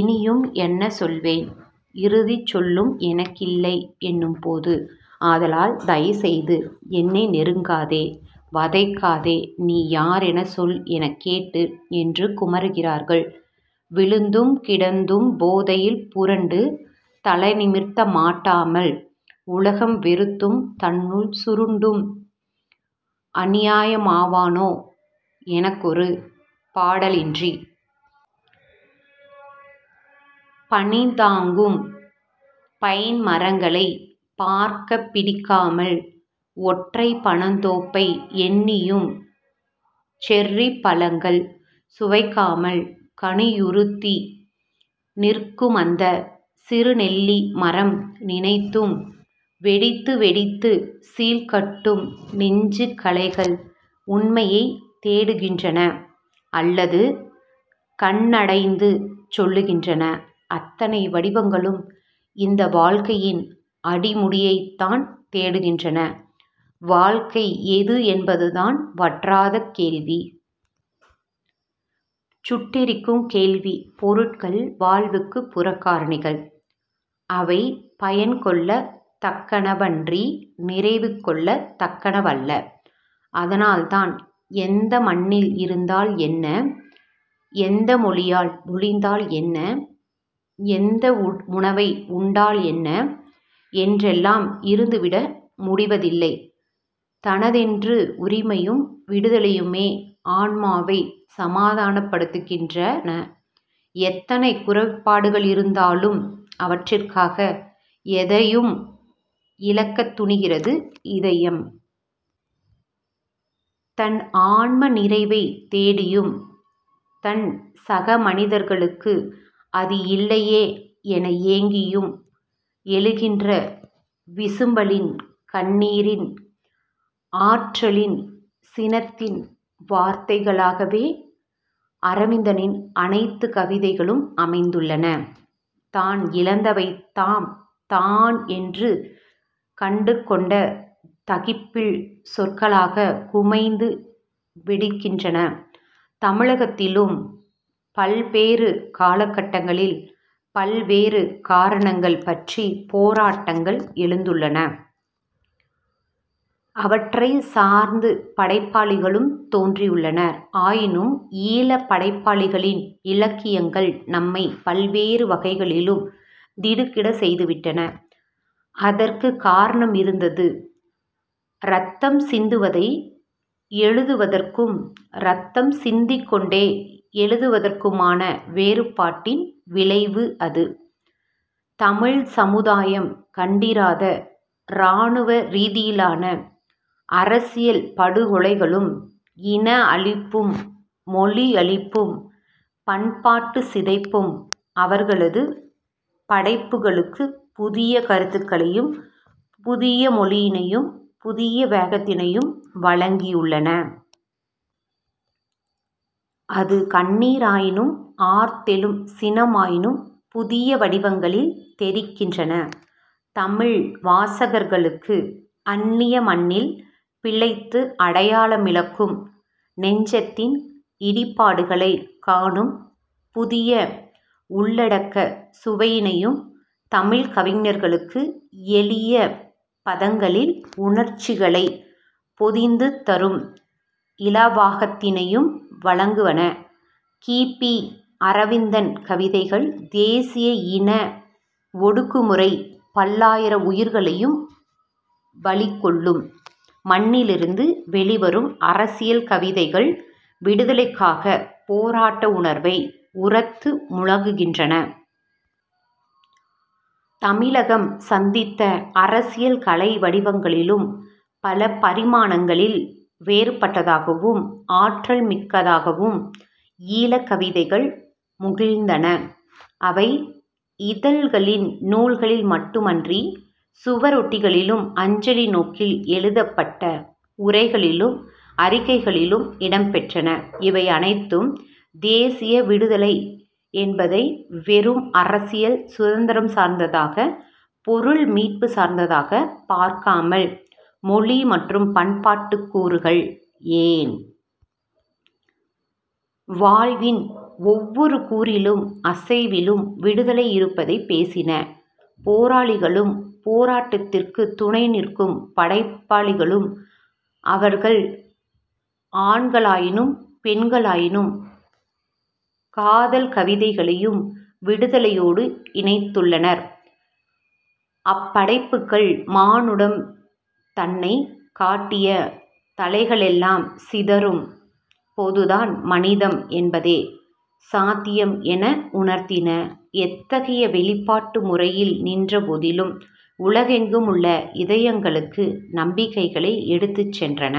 "இனியும் என்ன சொல்வேன் இறுதிச் சொல்லும் எனக்கில்லை எனும்போது... ஆதலால் தயைசெய்து என்னை நெருக்காதே வதைக்காதே 'நீ யாரெனச் சொல்' எனக் கேட்டு... " என்று குமுறுகிறார்கள். "விழுந்தும் கிடந்தும் போதையில் புரண்டும் தலைநிமிர்த்த மாட்டாமல் உலகம் வெறுத்தும் தன்னுள் சுருண்டும் அந்நியமாவனோ எனக்கொரு பாடலின்றி....! பனிதாங்கும் பைன்மரங்களைப் பார்க்கப் பிடிக்காமல் ஒற்றைப் பனைத்தோப்பை எண்ணியும் செர்ரிப்பழங்கள் சுவைக்காமல் கனியுதிர்த்து நிற்குமந்த சிறுநெல்லி மரம் நினைத்தும் வெடித்துவெடித்துச் சீழ்கட்டும் நெஞ்சு. கலைகள் உண்மையைத் தேடுகின்றன அல்லது கண்டடைந்து சொல்லுகின்றன. அத்தனை வடிவங்களும் இந்த வாழ்க்கையின் அடிமுடியைத்தான் தேடுகின்றன. வாழ்க்கை எது என்பதுதான் வற்றாத கேள்வி. சுட்டெரிக்கும் கேள்வி. பொருட்கள் வாழ்வுக்குப் புறக்காரணிகள். அவை பயன்கொள்ளத் தக்கனவன்றி நிறைவுகொள்ளத் தக்கனவல்ல. அதனால்தான் எந்த மண்ணில் இருந்தால் என்ன? எந்த மொழியால் மொழிந்தால் என்ன? எந்த உணவை உண்டாலென்ன? என்றெல்லாம் இருந்துவிட முடிவதில்லை. தனதென்னும் உரிமையும் விடுதலையுமே ஆன்மாவைச் சமாதானப்படுத்துகின்றன. எத்தனை குறைபாடுகளிருந்தாலும் அவற்றிக்காக எதனையும் இழக்கத் துணிகிறது இதயம். தன் ஆன்ம நிறைவைத் தேடியும், தன் சகமனிதர்களுக்கு அது இல்லையே என ஏங்கியும் எழுகின்ற விசும்பலின், கண்ணீரின், அரற்றலின், சினத்தின் வார்த்தைகளாகவே அரவிந்தனின் அனைத்துக் கவிதைகளும் அமைந்துள்ளன. தான் இழந்தவைதாம் 'தான்' என்று கண்டுகொண்ட தகிப்பில் சொற்களாகக் குமைந்து வெடிக்கின்றன. தமிழகத்திலும் பல்பேறு காலகட்டங்களில் பல்வேறு காரணங்கள் பற்றிப் போராட்டங்கள் எழுந்துள்ளன. அவற்றைச் சார்ந்து படைப்பாளிகளும் தோன்றியுள்ளனர். ஆயினும் ஈழப் படைப்பாளிகளின் இலக்கியங்கள் நம்மைப் பல்வேறு வகைகளிலும் திடுக்கிடச் செய்துவிட்டன. அதற்குக் காரணமிருந்தது. இரத்தம் சிந்துவதை எழுதுவதற்கும், இரத்தம் சிந்திக் கொண்டே எழுதுவதற்குமான வேறுபாட்டின் விளைவு அது. தமிழ்ச் சமுதாயம் கண்டிராத இராணுவ ரீதியிலான அரசியல் படுகொலைகளும், இன அழிப்பும், மொழியழிப்பும், பண்பாட்டுச் சிதைப்பும் அவர்களது படைப்புகளுக்குப் புதிய கருத்துக்களையும் புதிய மொழியினையும் புதிய வேகத்தினையும் வழங்கியுள்ளன. அது கண்ணீராயினும் ஆர்த்தெழும் சினமாயினும் புதிய வடிவங்களில் தெறிக்கின்றன. தமிழ் வாசகர்களுக்குஅன்னிய மண்ணில் பிழைத்து அடையாளமிழக்கும் நெஞ்சத்தின் இடிபாடுகளைக் காணும் புதிய உள்ளடக்கச் சுவையினையும் தமிழ்க் கவிஞர்களுக்கு எளிய பதங்களில் உணர்ச்சிகளைப் பொதித்துத் தரும் இலாவகத்தினையும் வழங்குவன கி. பி. அரவிந்தன் கவிதைகள். தேசிய இன ஒடுக்குமுறை பல்லாயிரம் உயிர்களைப் பலிகொள்ளும் மண்ணிலிருந்து வெளிவரும் அரசியல் கவிதைகள் விடுதலைக்கான போராட்ட உணர்வை உரத்து முழுங்குகின்றன. தமிழகம் சந்தித்த அரசியல் கலை வடிவங்களிலும் பல பரிமாணங்களில் வேறுபட்டதாகவும் ஆற்றல்மிக்கதாகவும் ஈழக் கவிதைகள் முகிழ்த்தன. அவை இதழ்களில், நூல்களில் மட்டுமன்றி, சுவரொட்டிகளிலும் அஞ்சலி நோக்கில் எழுதப்பட்ட உரைகளிலும் அறிக்கைகளிலும் இடம்பெற்றன. இவையனைத்தும், தேசிய விடுதலை என்பதை வெறும் அரசியல் சுதந்தரம் சார்ந்ததாக, பொருள் மீட்புச் சார்ந்ததாகப் பார்க்காமல் மொழி மற்றும் பண்பாட்டுக் கூறுகள், ஏன்? வாழ்வின் ஒவ்வொரு கூறிலும் அசைவிலும் விடுதலை இருப்பதைப் பேசின. போராளிகளும் போராட்டத்திற்குத் துணைநிற்கும் படைப்பாளிகளும் அவர்கள் ஆண்களாயினும் பெண்களாயினும் காதல் கவிதைகளையும் விடுதலையோடு இணைத்துள்ளனர். அப்படைப்புகள் 'மானுடன் தன்னைக் கட்டிய தளைகளெல்லாம் சிதறும்' போதுதான் 'மனிதம்' என்பதே சாத்தியம் என உணர்த்தின; எத்தகைய வெளிப்பாட்டு முறையில் நின்ற போதிலும் உலகெங்கும் உள்ள இதயங்களுக்கு நம்பிக்கைகளை எடுத்துச் சென்றன.